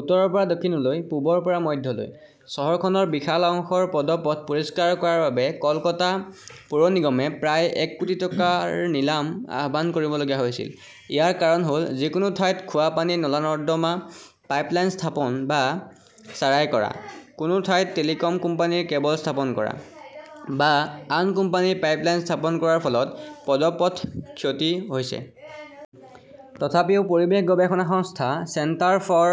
উত্তৰৰ পৰা দক্ষিণলৈ, পূবৰ পৰা মধ্যলৈ, চহৰখনৰ বিশাল অংশৰ পদপথ পৰিষ্কাৰ কৰাৰ বাবে কলকাতা পৌৰ নিগমে প্ৰায় এক কোটি টকাৰ নিলাম আহ্বান কৰিবলগীয়া হৈছিল! ইয়াৰ কাৰণ হ'ল, যিকোনো ঠাইত খোৱা পানী, নলা-নৰ্দমা পাইপলাইন স্থাপন বা চাৰাই কৰা, কোনো ঠাইত টেলিকম কোম্পানীৰ কেবল স্থাপন কৰা বা আন কোম্পানীৰ পাইপলাইন স্থাপন কৰাৰ ফলত পদপথ ক্ষতি হৈছে। তথাপিও, পৰিৱেশ গৱেষণা সংস্থা চেণ্টাৰ ফৰ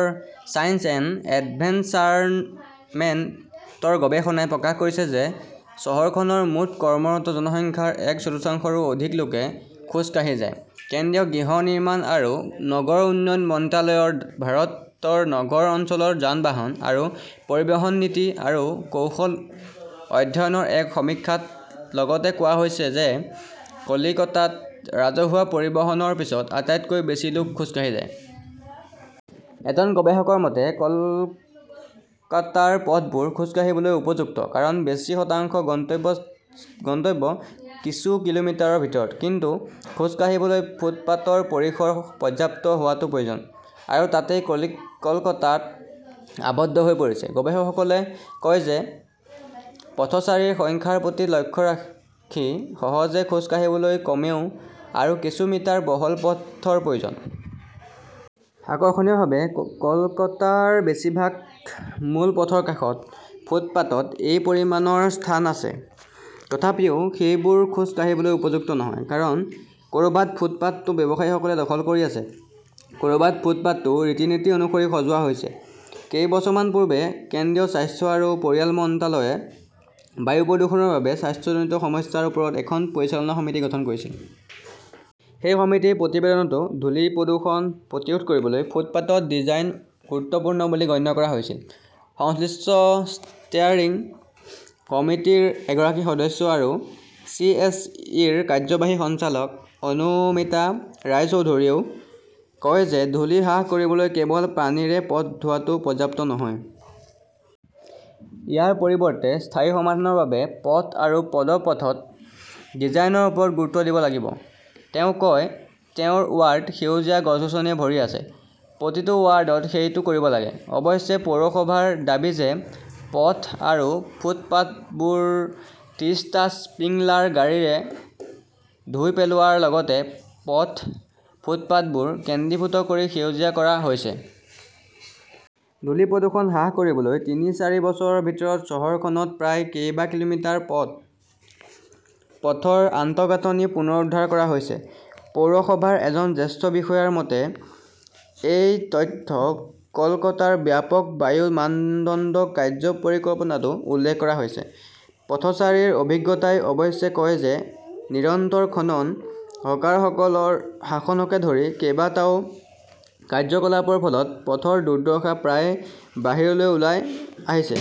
ছায়েন্স এণ্ড এনভাইৰনমেণ্টৰ গৱেষণাই প্ৰকাশ কৰিছে যে চহৰখনৰ মুঠ কৰ্মৰত জনসংখ্যাৰ এক চতুৰ্থাংশৰো অধিক লোকে খোজ কাঢ়ি যায়। কেন্দ্ৰীয় গৃহ নিৰ্মাণ আৰু নগৰ উন্নয়ন মন্ত্ৰালয়ৰ ভাৰতৰ নগৰ অঞ্চলত যান-বাহন আৰু পৰিবহণ নীতি আৰু কৌশল অধ্যয়নৰ এক সমীক্ষাত লগতে কোৱা হৈছে যে কলিকতাত ৰাজহুৱা পৰিবহণৰ পিছত আটাইতকৈ বেছি লোক খোজ কাঢ়ি যায়। এজন গৱেষকৰ মতে, কলকাতাৰ পথবোৰ খোজ কাঢ়িবলৈ উপযুক্ত কাৰণ বেছি শতাংশ গন্তব্য কিছু কিলোমিটাৰৰ ভিতৰত। কিন্তু খোজ কাঢ়িবলৈ ফুটপাতৰ পৰিসৰ পৰ্যাপ্ত হোৱাটো প্ৰয়োজনীয়। আৰু তাতেই কলকাতা আবদ্ধ হৈ পৰিছে। গৱেষকসকলে কয় যে পথচাৰীৰ সংখ্যাৰ প্ৰতি লক্ষ্য ৰাখি সহজে খোজ কাঢ়িবলৈ কমেও‌ আৰু কিছু মিটাৰ বহল পথৰ প্ৰয়োজন। আকৰ্ষণীয়ভাৱে, কলকাতাৰ বেছিভাগ মূল পথৰ কাষৰ ফুটপাতত এই পৰিমাণৰ স্থান আছে। তথাপিও সেইবোৰ খোজ কাঢ়িবলৈ উপযুক্ত নহয়। কাৰণ ক'ৰবাত ফুটপাতটো ব্যৱসায়ী সকলৰ দখলত আছে, ক'ৰবাত ফুটপাতটো ৰীতি-নীতি অনুসৰি সজোৱা হৈছে। কেইবছৰমান পূৰ্বে কেন্দ্ৰীয় স্বাস্থ্য আৰু পৰিয়াল মন্ত্ৰালয়ে বায়ু প্ৰদূষণৰ বাবে স্বাস্থ্যজনিত সমস্যাৰ ওপৰত এখন পৰিচালনা সমিতি গঠন কৰিছিল। সেই সমিতিৰ প্ৰতিবেদনতো ধূলি-প্ৰদূষণ প্ৰতিৰোধ কৰিবলৈ ফুটপাতৰ ডিজাইন গুৰুত্বপূৰ্ণ বুলি গণ্য কৰা হৈছিল। সংশ্লিষ্ট ষ্টেয়াৰিং কমিটিৰ এগৰাকী সদস্য আৰু চিএছইৰ কাৰ্যবাহী সঞ্চালক অনুমিতা ৰায়চৌধৰীয়েও কয় যে ধূলি হ্ৰাস কৰিবলৈ কেৱল পানীৰে পথ ধোৱাটো পৰ্যাপ্ত নহয়। ইয়াৰ পৰিৱৰ্তে স্থায়ী সমাধানৰ বাবে পথ আৰু পদপথৰ ডিজাইনৰ ওপৰত গুৰুত্ব দিব লাগিব। তেওঁ কয়, তেওঁৰ ৱাৰ্ড সেউজীয়া গছ-গছনিৰে ভৰি আছে। প্ৰতিটো ৱাৰ্ডত এইটো কৰিব লাগিব। অৱশ্যে, পৌৰসভাৰ দাবী যে পথ আৰু ফুটপাতবোৰ ত্ৰিশটা স্প্ৰিংলাৰ গাড়ীৰে ধুই পেলোৱাৰ লগতে পথ, ফুটপাতবোৰ কেন্দ্ৰীভূত কৰি সেউজীয়া কৰা হৈছে। ধূলি-প্ৰদূষণ হ্ৰাস কৰিবলৈ তিনি-চাৰি বছৰৰ ভিতৰত চহৰখনত প্ৰায় কেইবা কিলোমিটাৰ পদপথৰ আন্তঃগাঁথনি পুনৰুদ্ধাৰ কৰা হৈছে, পৌৰসভাৰ এজন জ্যেষ্ঠ বিষয়াৰ মতে। এই তথ্য কলকাতাৰ ব্যাপক বায়ু মানদণ্ড কাৰ্য্য পৰিকল্পনাতো উল্লেখ কৰা হৈছে। পথচাৰীৰ অভিজ্ঞতাই অৱশ্যে কয় যে নিৰন্তৰ খনন, হকাৰসকলৰ শাসনকে ধৰি কেইবাটাও কাৰ্যকলাপৰ ফলত পথৰ দুৰ্দশা প্ৰায়ে বাহিৰলৈ ওলাই আহিছে।